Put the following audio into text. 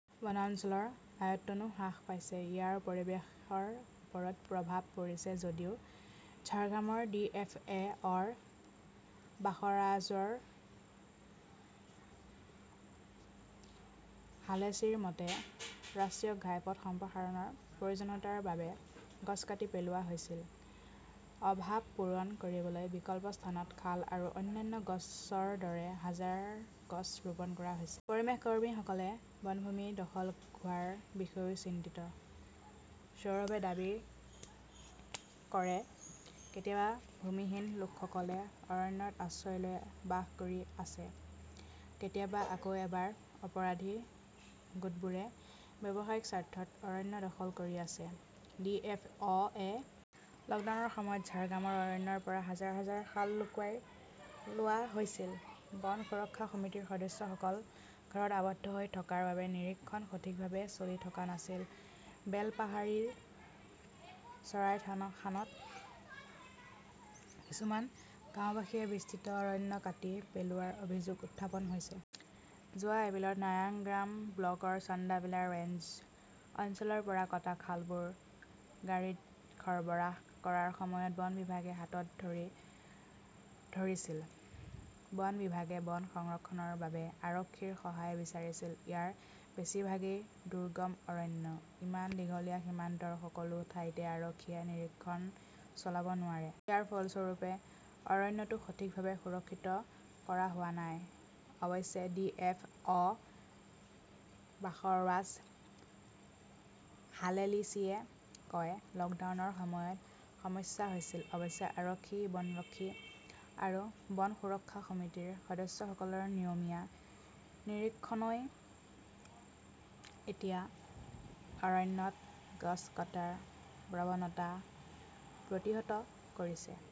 বনাঞ্চলৰ আয়তনও হ্ৰাস পাইছে। ইয়াৰ পৰিৱেশৰ ওপৰত প্ৰভাৱ পৰিছে ,যদিও ঝাৰগ্ৰামৰ ডি .এফ .অ বাসৱৰাজ হালেচিৰ মতে, ৰাষ্ট্ৰীয় পথ সম্প্ৰসাৰণৰ প্ৰয়োজনীয়তাৰ বাবে গছ কাটি পেলোৱা হৈছিল। অভাৱ পূৰণ কৰিবলৈ বিকল্প স্থানত শাল আৰু অন্যান্য গছৰ দৰে হাজাৰ গছ ৰোপণ কৰা হৈছে। পৰিৱেশ কৰ্মীসকলে বনভূমি দখল হোৱাৰ বিষয়েও চিন্তিত। সৌৰভে দাবী কৰে, কেতিয়াবা ভূমিহীন লোকসকলে অৰণ্যত আশ্ৰয় লৈ বাস কৰি আছে। কেতিয়াবা আকৌ এবাৰ অপৰাধী গোটবোৰে ব্যৱসায়িক স্বাৰ্থত অৰণ্য দখল কৰি আছে। ডি .এফ .অ.য়ে লকডাউনৰ সময়ত ঝাৰগ্ৰামৰ অৰণ্যৰ পৰা হাজাৰ- হাজাৰ শাল লুকুৱাই লোৱা হৈছিল। বন সুৰক্ষা সমিতিৰ সদস্যসকল ঘৰত আবদ্ধ হৈ থকাৰ বাবে নিৰীক্ষণ সঠিকভাৱে চলি থকা নাছিল। বেলপাহাড়ীৰ চৰাইখানত কিছুমান গাওঁবাসীয়ে বিস্তৃত অৰণ্য কাটি পেলোৱাৰ অভিযোগ উত্থাপন হৈছে। যোৱা এপ্ৰিলত নায়াগ্ৰাম ব্লকৰ চান্দাবিলা ৰেঞ্জ অঞ্চলৰ পৰা কটা শাল গছবোৰ গাড়ীত সৰবৰাহ কৰাৰ সময়ত বন বিভাগে হাতত ধৰি -ধৰিছিল। বন বিভাগে বন সংৰক্ষণৰ বাবে আৰক্ষীৰ সহায় বিচাৰিছিল। ইয়াৰ বেছিভাগেই দুৰ্গম অৰণ্য। ইমান দীঘলীয়া সীমান্তৰ সকলো ঠাইতে আৰক্ষীয়ে নিৰীক্ষণ চলাব নোৱাৰে। ইয়াৰ ফলস্বৰূপে অৰণ্যটো সঠিকভাৱে সুৰক্ষিত কৰা হোৱা নাই। অৱশ্যে ডি এফ অ বাসৱৰাজ হালেলিচীয়ে কয়, লকডাউনৰ সময়ত সমস্যা হৈছিল। অৱশ্যে আৰক্ষী, বনৰক্ষী আৰু বন সুৰক্ষা সমিতিৰ সদস্যসকলৰ নিয়মীয়া নিৰীক্ষণই এতিয়া অৰণ্যত গছ কটাৰ প্ৰৱণতা প্ৰতিহত কৰিছে।